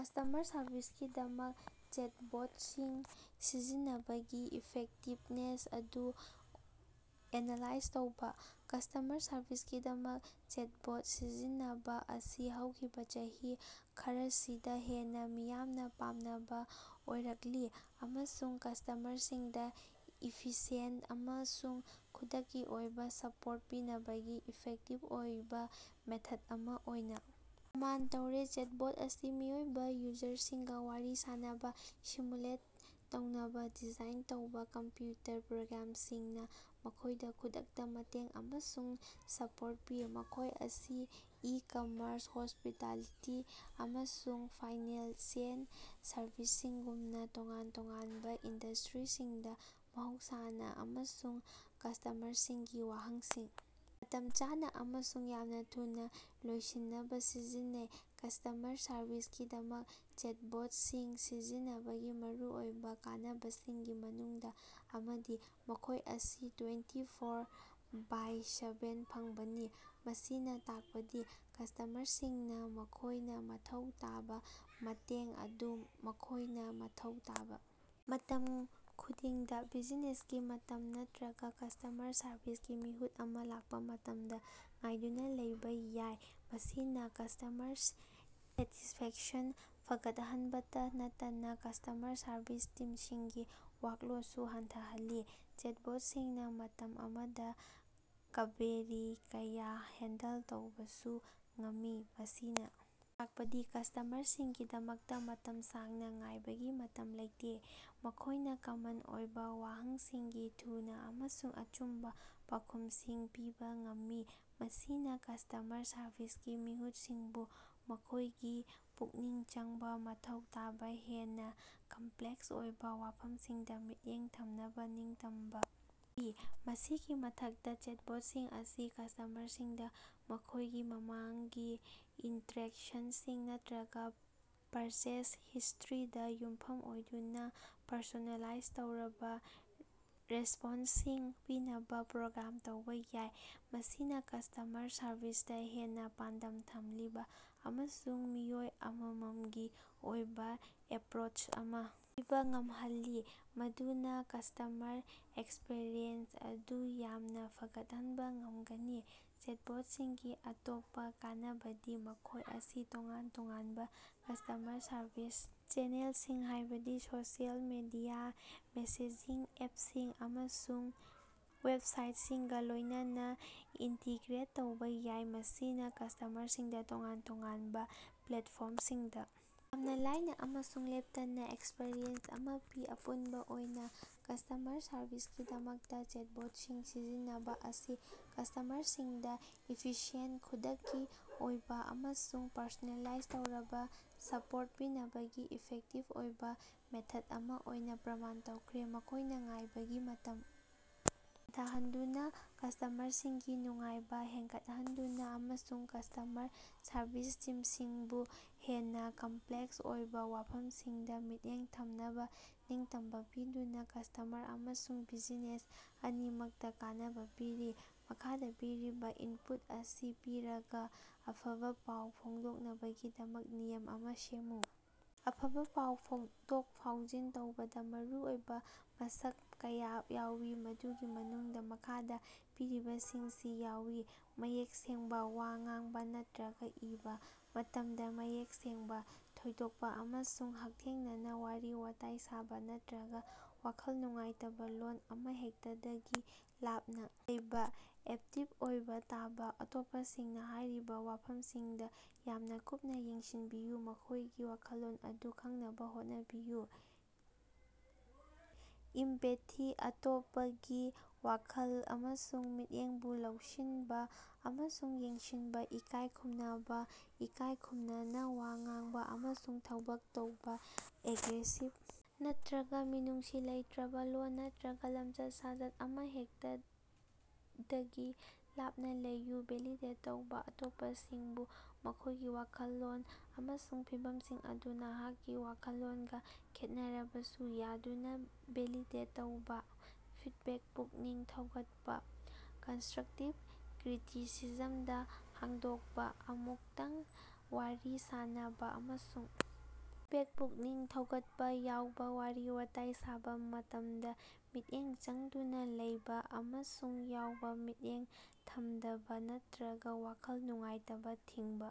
Customer ꯁꯔꯚꯤꯁꯀꯤꯗꯃꯛꯇꯥ ꯆꯦꯠꯕꯣꯠꯁꯤꯡ ꯁꯤꯖꯤꯟꯅꯕꯒꯤ ꯏꯐꯦꯛꯇꯤꯕꯅꯦꯁ ꯑꯗꯨ ꯑꯦꯅꯥꯂꯥꯏꯖ ꯇꯧꯕꯥ꯫ ꯀꯁꯇꯃꯔ ꯁꯔꯚꯤꯁꯀꯤꯗꯃꯛꯇꯥ ꯆꯦꯠꯕꯣꯠ ꯁꯤꯖꯤꯟꯅꯕꯥ ꯑꯁꯤ ꯍꯧꯈꯤꯕꯥ ꯆꯍꯤ ꯈꯔꯁꯤꯗꯥ ꯍꯦꯟꯅꯥ ꯃꯤꯌꯥꯝꯅ ꯄꯥꯝꯅꯕ ꯑꯣꯏꯔꯛꯂꯤ ꯑꯃꯁꯨꯡ ꯀꯁꯇꯃꯔꯁꯤꯡꯗꯥ ꯏꯐꯤꯁꯤꯑꯦꯟꯇ ꯑꯃꯁꯨꯡ ꯈꯨꯗꯛꯀꯤ ꯑꯣꯏꯕꯥ ꯁꯄꯣꯔꯠ ꯄꯤꯅꯕꯒꯤ ꯏꯐꯦꯛꯇꯤꯚ ꯑꯣꯏꯕ ꯃꯦꯊꯠ ꯑꯃꯥ ꯑꯣꯏꯅꯥ ꯄ꯭ꯔꯃꯥꯟ ꯇꯧꯔꯦ꯫ ꯆꯦꯠꯕꯣꯠ ꯑꯁꯤ ꯃꯤꯑꯣꯏꯕꯥ ꯌꯨꯖꯔꯁꯤꯡꯒ ꯋꯥꯔꯤ ꯁꯥꯅꯕ ꯁꯤꯃꯨꯂꯦꯠ ꯇꯧꯅꯕ ꯗꯤꯖꯥꯏꯟ ꯇꯧꯕꯥ ꯀꯝꯄ꯭ꯌꯨꯇꯔ ꯄ꯭ꯔꯣꯒ꯭ꯔꯥꯝꯁꯤꯡꯅꯤ, ꯃꯈꯣꯏꯗ ꯈꯨꯗꯛꯇ ꯃꯇꯦꯡ ꯑꯃꯁꯨꯡ ꯁꯄꯣꯔꯠ ꯄꯤ꯫ ꯃꯈꯣꯏ ꯑꯁꯤ ꯏ-ꯀꯃꯔꯁ, ꯍꯣꯁꯄꯤꯇꯥꯂꯤꯇꯤ, ꯑꯃꯁꯨꯡ ꯐꯥꯏꯅꯥꯟꯁꯤꯑꯦꯜ ꯁꯔꯚꯤꯁꯁꯤꯡꯒꯨꯝꯕꯥ ꯇꯣꯉꯥꯟ-ꯇꯣꯉꯥꯟꯕ ꯏꯟꯗꯁꯇ꯭ꯔꯤꯁꯤꯡꯗꯥ ꯃꯍꯧꯁꯥꯅ ꯑꯃꯁꯨꯡ ꯀꯁꯇꯃꯔꯁꯤꯡꯒꯤ ꯋꯥꯍꯪꯁꯤꯡ ꯃꯇꯝ ꯆꯥꯅ ꯑꯃꯁꯨꯡ ꯌꯥꯝꯅ ꯊꯨꯅꯥ ꯂꯣꯏꯁꯤꯟꯅꯕ ꯁꯤꯖꯤꯟꯅꯩ꯫ ꯀꯁꯇꯃꯔ ꯁꯔꯚꯤꯁꯀꯤꯗꯃꯛꯇꯥ ꯆꯦꯠꯕꯣꯠꯁꯤꯡ ꯁꯤꯖꯤꯟꯅꯕꯒꯤ ꯃꯔꯨꯑꯣꯏꯕ ꯀꯥꯟꯅꯕꯁꯤꯡꯒꯤ ꯃꯅꯨꯡꯗꯥ ꯑꯃꯗꯤ ꯃꯈꯣꯏ ꯑꯁꯤ ꯇ꯭ꯋꯦꯟꯇꯤ ꯐꯣꯔ ꯕꯥꯏ ꯁꯚꯦꯟ ꯐꯪꯕꯅꯤ꯫ ꯃꯁꯤꯅ ꯇꯥꯛꯄꯗꯤ ꯀꯁꯇꯃꯔꯁꯤꯡꯅꯥ ꯃꯈꯣꯏꯅ ꯃꯊꯧ ꯇꯥꯕ ꯃꯇꯦꯡ ꯑꯗꯨ ꯃꯈꯣꯏꯅ ꯃꯊꯧ ꯇꯥꯕꯥ ꯃꯇꯝ ꯈꯨꯗꯤꯡꯗ, ꯕꯤꯖꯤꯅꯦꯁꯀꯤ ꯃꯇꯝ ꯅꯠꯇ꯭ꯔꯒꯥ ꯀꯁꯇꯃꯔ ꯁꯔꯚꯤꯁꯀꯤ ꯃꯤꯍꯨꯠ ꯑꯃ ꯂꯥꯛꯄꯥ ꯃꯇꯝꯗꯥ ꯉꯥꯏꯗꯨꯅꯥ ꯂꯩꯕꯥ ꯌꯥꯏ꯫ ꯃꯁꯤꯅꯥ ꯀꯁꯇꯃꯔ ꯁꯦꯇꯤꯁꯐꯦꯛꯁꯟ ꯐꯒꯠꯍꯟꯕꯇ ꯅꯠꯇꯅꯥ ꯀꯁꯇꯃꯔ ꯁꯔꯕꯤꯁ ꯇꯤꯝꯁꯤꯡꯒꯤ ꯋꯥꯔꯛꯂꯣꯠꯁꯨ ꯍꯟꯊꯍꯜꯂꯤ꯫ ꯆꯦꯠꯕꯣꯠꯁꯤꯡꯅꯥ ꯃꯇꯝ ꯑꯃꯗ ꯀ꯭ꯕꯦꯔꯤ ꯀꯌꯥ ꯍꯦꯟꯗꯜ ꯇꯧꯕꯁꯨ ꯉꯝꯃꯤ, ꯃꯁꯤꯅꯥ ꯇꯥꯛꯄꯗꯤ ꯀꯁꯇꯃꯔꯁꯤꯡꯒꯤꯗꯃꯛꯇꯥ ꯃꯇꯝ ꯁꯥꯡꯅꯥ ꯉꯥꯏꯕꯒꯤ ꯃꯇꯝ ꯂꯩꯇꯦ꯫ ꯃꯈꯣꯏꯅ ꯀꯃꯟ ꯑꯣꯏꯕꯥ ꯋꯥꯍꯪꯁꯤꯡꯒꯤ ꯊꯨꯅ ꯑꯃꯁꯨꯡ ꯑꯆꯨꯝꯕꯥ ꯄꯥꯎꯈꯨꯝꯁꯤꯡ ꯄꯤꯕꯥ ꯉꯝꯃꯤ, ꯃꯁꯤꯅꯥ ꯀꯁꯇꯃꯔ ꯁꯔꯚꯤꯁꯀꯤ ꯃꯤꯍꯨꯠꯁꯤꯡꯕꯨ ꯃꯈꯣꯏꯒꯤ ꯄꯨꯛꯅꯤꯡ ꯆꯪꯕꯥ ꯃꯊꯧ ꯇꯥꯕꯥ ꯍꯦꯟꯅꯥ ꯀꯝꯄ꯭ꯂꯦꯛꯁ ꯑꯣꯏꯕꯥ ꯋꯥꯐꯝꯁꯤꯡꯗꯥ ꯃꯤꯠꯌꯦꯡ ꯊꯝꯅꯕꯥ ꯅꯤꯡꯇꯝꯕꯥ ꯄꯤ꯫ ꯃꯁꯤꯒꯤ ꯃꯊꯛꯇꯥ, ꯆꯦꯠꯕꯣꯠꯁꯤꯡ ꯑꯁꯤ ꯀꯁꯇꯃꯔꯁꯤꯡꯗꯥ ꯃꯈꯣꯏꯒꯤ ꯃꯃꯥꯡꯒꯤ ꯏꯟꯇꯔꯦꯛꯁꯟꯁꯤꯡ ꯅꯠꯇ꯭ꯔꯒꯥ ꯄꯔꯆꯦꯖ ꯍꯤꯁꯇꯔꯤꯗ ꯌꯨꯝꯐꯝ ꯑꯣꯏꯗꯨꯅꯥ ꯄꯔꯁꯣꯅꯦꯂꯥꯏꯖ ꯇꯧꯔꯕꯥ ꯔꯦꯁꯄꯣꯟꯁꯁꯤꯡ ꯄꯤꯅꯕꯥ ꯄ꯭ꯔꯣꯒ꯭ꯔꯥꯝ ꯇꯧꯕꯥ ꯌꯥꯏ꯫ ꯃꯁꯤꯅꯥ ꯀꯁꯇꯃꯔ ꯁꯔꯚꯤꯁꯇꯥ ꯍꯦꯟꯅꯥ ꯄꯥꯟꯗꯝ ꯊꯝꯂꯤꯕꯥ ꯑꯃꯁꯨꯡ ꯃꯤꯑꯣꯏ ꯑꯃꯝꯃꯝꯒꯤ ꯑꯣꯏꯕ ꯑꯦꯄꯔꯣꯁ ꯑꯃ ꯄꯤꯕꯥ ꯉꯝꯍꯜꯂꯤ, ꯃꯗꯨꯅꯥ ꯀꯁꯇꯃꯔ ꯑꯦꯛꯁꯄꯤꯔꯤꯌꯦꯟꯁ ꯑꯗꯨ ꯌꯥꯝꯅꯥ ꯐꯒꯠꯍꯟꯕ ꯉꯝꯒꯅꯤ꯫ ꯆꯦꯠꯕꯣꯠꯁꯤꯡꯒꯤ ꯑꯇꯣꯞꯄꯥ ꯀꯥꯟꯅꯕꯗꯤ ꯃꯈꯣꯏ ꯑꯁꯤ ꯇꯣꯉꯥꯟ-ꯇꯣꯉꯥꯟꯕ ꯀꯁꯇꯃꯔ ꯁꯔꯚꯤꯁ ꯆꯦꯅꯦꯜꯁꯤꯡ, ꯍꯥꯏꯕꯗꯤ ꯁꯣꯁꯤꯑꯦꯜ ꯃꯤꯗꯤꯌꯥ, ꯃꯦꯁꯦꯖꯤꯡ ꯑꯦꯞꯁꯤꯡ, ꯑꯃꯁꯨꯡ ꯋꯦꯕꯁꯥꯏꯠꯁꯤꯡꯒꯥ ꯂꯣꯏꯅꯅꯥ ꯏꯟꯇꯤꯒ꯭ꯔꯦꯠ ꯇꯧꯕꯥ ꯌꯥꯏ, ꯃꯁꯤꯅꯥ ꯀꯁꯇꯃꯔꯁꯤꯡꯗꯥ ꯇꯣꯉꯥꯟ-ꯇꯣꯉꯥꯟꯕ ꯄ꯭ꯂꯦꯠꯐꯣꯔꯝꯁꯤꯡꯗ ꯌꯥꯝꯅ ꯂꯥꯏꯅ ꯑꯃꯁꯨꯡ ꯂꯦꯞꯇꯅꯥ ꯑꯦꯛꯁꯄꯤꯔꯤꯌꯦꯟꯁ ꯑꯃꯥ ꯄꯤ꯫ ꯑꯄꯨꯟꯕꯥ ꯑꯣꯏꯅꯥ, ꯀꯁꯇꯃꯔ ꯁꯔꯚꯤꯁꯀꯤꯗꯃꯛꯇꯥ ꯆꯦꯠꯕꯣꯠꯁꯤꯡ ꯁꯤꯖꯤꯟꯅꯕꯥ ꯑꯁꯤ ꯀꯁꯇꯃꯔꯁꯤꯡꯗꯥ ꯏꯐꯤꯁꯤꯑꯦꯟ, ꯈꯨꯗꯛꯀꯤ ꯑꯣꯏꯕꯥ ꯑꯃꯁꯨꯡ ꯄꯔꯁꯣꯅꯦꯂꯥꯏꯖ ꯇꯧꯔꯕꯥ ꯁꯄꯣꯔꯠ ꯄꯤꯅꯕꯒꯤ ꯏꯐꯦꯛꯇꯤꯚ ꯑꯣꯏꯕꯥ ꯃꯦꯊꯠ ꯑꯃ ꯑꯣꯏꯅꯥ ꯄ꯭ꯔꯃꯥꯟ ꯇꯧꯈ꯭ꯔꯦ꯫ ꯃꯈꯣꯏꯅ ꯉꯥꯏꯕꯒꯤ ꯃꯇꯝ ꯍꯟꯊꯍꯟꯗꯨꯅꯥ, ꯀꯁꯇꯃꯔꯁꯤꯡꯒꯤ ꯅꯨꯡꯉꯥꯏꯕꯥ ꯍꯦꯟꯒꯠꯍꯟꯗꯨꯅ ꯑꯃꯁꯨꯡ ꯀꯁꯇꯃꯔ ꯁꯔꯕꯤꯁ ꯇꯤꯝꯁꯤꯡꯕꯨ ꯍꯦꯟꯅ ꯀꯝꯄ꯭ꯂꯦꯛꯁ ꯑꯣꯏꯕ ꯋꯥꯐꯝꯁꯤꯡꯗ ꯃꯤꯠꯌꯦꯡ ꯊꯝꯅꯕ ꯅꯤꯡꯇꯝꯕꯥ ꯄꯤꯗꯨꯅꯥ ꯀꯁꯇꯃꯔ ꯑꯃꯁꯨꯡ ꯕꯤꯖꯤꯅꯦꯁ ꯑꯅꯤꯃꯛꯇ ꯀꯥꯟꯅꯕꯥ ꯄꯤꯔꯤ꯫ ꯃꯈꯥꯗ ꯄꯤꯔꯤꯕꯥ ꯏꯟꯄꯨꯠ ꯑꯁꯤ ꯄꯤꯔꯒꯥ ꯑꯐꯕꯥ ꯄꯥꯎ ꯐꯣꯡꯗꯣꯛꯅꯕꯒꯤꯗꯃꯛ ꯅꯤꯌꯝ ꯑꯃ ꯁꯦꯝꯃꯨ꯫ ꯑꯐꯕꯥ ꯄꯥꯎ ꯐꯥꯎꯗꯣꯛ-ꯐꯥꯎꯖꯤꯟ ꯇꯧꯕꯗꯥ ꯃꯔꯨꯑꯣꯏꯕ ꯃꯁꯛ ꯀꯌꯥ ꯌꯥꯎꯏ ꯃꯗꯨꯒꯤ ꯃꯅꯨꯡꯗꯥ ꯃꯈꯥꯗ ꯄꯤꯔꯤꯕꯁꯤꯡꯁꯤ ꯌꯥꯎꯏ: ꯃꯌꯦꯛ ꯁꯦꯡꯕꯥ: ꯋꯥ ꯉꯥꯡꯕꯥ ꯅꯠꯇ꯭ꯔꯒꯥ ꯏꯕꯥ ꯃꯇꯝꯗ ꯃꯌꯦꯛ ꯁꯦꯡꯕꯥ, ꯊꯣꯏꯗꯣꯛꯄꯥ ꯑꯃꯁꯨꯡ ꯍꯛꯊꯦꯡꯅꯅꯥ ꯋꯥꯔꯤ-ꯋꯥꯇꯥꯏ ꯁꯥꯕꯥ ꯅꯠꯇ꯭ꯔꯒꯥ ꯋꯥꯈꯜ ꯅꯨꯡꯉꯥꯏꯇꯕ ꯂꯣꯜ ꯑꯃꯍꯦꯛꯇꯗꯒꯤ ꯂꯥꯞꯅꯥ ꯂꯩꯕꯥ꯫ ꯑꯦꯛꯇꯤꯞ ꯑꯣꯏꯅꯥ ꯇꯥꯕꯥ: ꯑꯇꯣꯞꯄꯁꯤꯡꯅꯥ ꯍꯥꯏꯔꯤꯕꯥ ꯋꯥꯐꯝꯁꯤꯡꯗꯥ ꯌꯥꯝꯅꯥ ꯀꯨꯞꯅꯥ ꯌꯦꯡꯁꯤꯟꯕꯤꯌꯨ, ꯃꯈꯣꯏꯒꯤ ꯋꯥꯈꯜꯂꯣꯟ ꯑꯗꯨ ꯈꯪꯅꯕ ꯍꯣꯠꯅꯕꯤꯌꯨ꯫ ꯏꯝꯄꯦꯊꯤ: ꯑꯇꯣꯞꯄꯒꯤ ꯋꯥꯈꯜ ꯑꯃꯁꯨꯡ ꯃꯤꯠꯌꯦꯡꯕꯨ ꯂꯧꯁꯤꯟꯕ ꯑꯃꯁꯨꯡ ꯌꯦꯡꯁꯤꯟꯕ꯫ ꯏꯀꯥꯏ ꯈꯨꯝꯅꯕꯥ: ꯏꯀꯥꯏ ꯈꯨꯝꯅꯅꯥ ꯋꯥ ꯉꯥꯡꯕꯥ ꯑꯃꯁꯨꯡ ꯊꯕꯛ ꯇꯧꯕꯥ, ꯑꯦꯒ꯭ꯔꯦꯁꯤꯚ ꯅꯠꯇꯔꯒꯥ ꯃꯤꯅꯨꯡꯁꯤ ꯂꯩꯇꯔꯕꯥ ꯂꯣꯜ ꯅꯠꯇꯔꯒꯥ ꯂꯝꯆꯠ-ꯁꯥꯖꯠ ꯑꯃꯍꯦꯛꯇꯗꯒꯤ ꯂꯥꯞꯅꯥ ꯂꯩꯌꯨ꯫ ꯚꯦꯂꯤꯗꯦꯠ ꯇꯧꯕꯥ: ꯑꯇꯣꯞꯄꯁꯤꯡꯕꯨ ꯃꯈꯣꯏꯒꯤ ꯋꯥꯈꯜꯂꯣꯟ ꯑꯃꯁꯨꯡ ꯐꯤꯚꯝꯁꯤꯡ ꯑꯗꯨ ꯅꯍꯥꯛꯀꯤ ꯋꯥꯈꯜꯂꯣꯟꯒ ꯈꯦꯠꯅꯔꯕꯁꯨ ꯌꯥꯗꯨꯅ ꯚꯦꯂꯤꯗꯦꯠ ꯇꯧꯕ꯫ ꯐꯤꯠꯕꯦꯛ ꯄꯨꯛꯅꯤꯡ ꯊꯧꯒꯠꯄ: ꯀꯟꯁꯇꯔꯛꯇꯤꯞ ꯀ꯭ꯔꯤꯇꯤꯁꯤꯖꯝꯗ ꯍꯥꯡꯗꯣꯛꯄꯥ, ꯑꯃꯨꯛꯇꯪ ꯋꯥꯔꯤ ꯁꯥꯟꯅꯕꯥ ꯑꯃꯁꯨꯡ ꯐꯤꯠꯕꯦꯛ ꯄꯨꯛꯅꯤꯡ ꯊꯧꯒꯠꯄꯥ꯫ ꯌꯥꯎꯕꯥ: ꯋꯥꯔꯤ-ꯋꯥꯇꯥꯏ ꯁꯥꯕꯥ ꯃꯇꯝꯗ ꯃꯤꯠꯌꯦꯡ ꯆꯪꯗꯨꯅꯥ ꯂꯩꯕꯥ ꯑꯃꯁꯨꯡ ꯌꯥꯎꯕ, ꯃꯤꯠꯌꯦꯡ ꯊꯝꯗꯕꯥ ꯅꯠꯇ꯭ꯔꯒꯥ ꯋꯥꯈꯜ ꯅꯨꯡꯉꯥꯏꯇꯕ ꯊꯤꯡꯕ꯫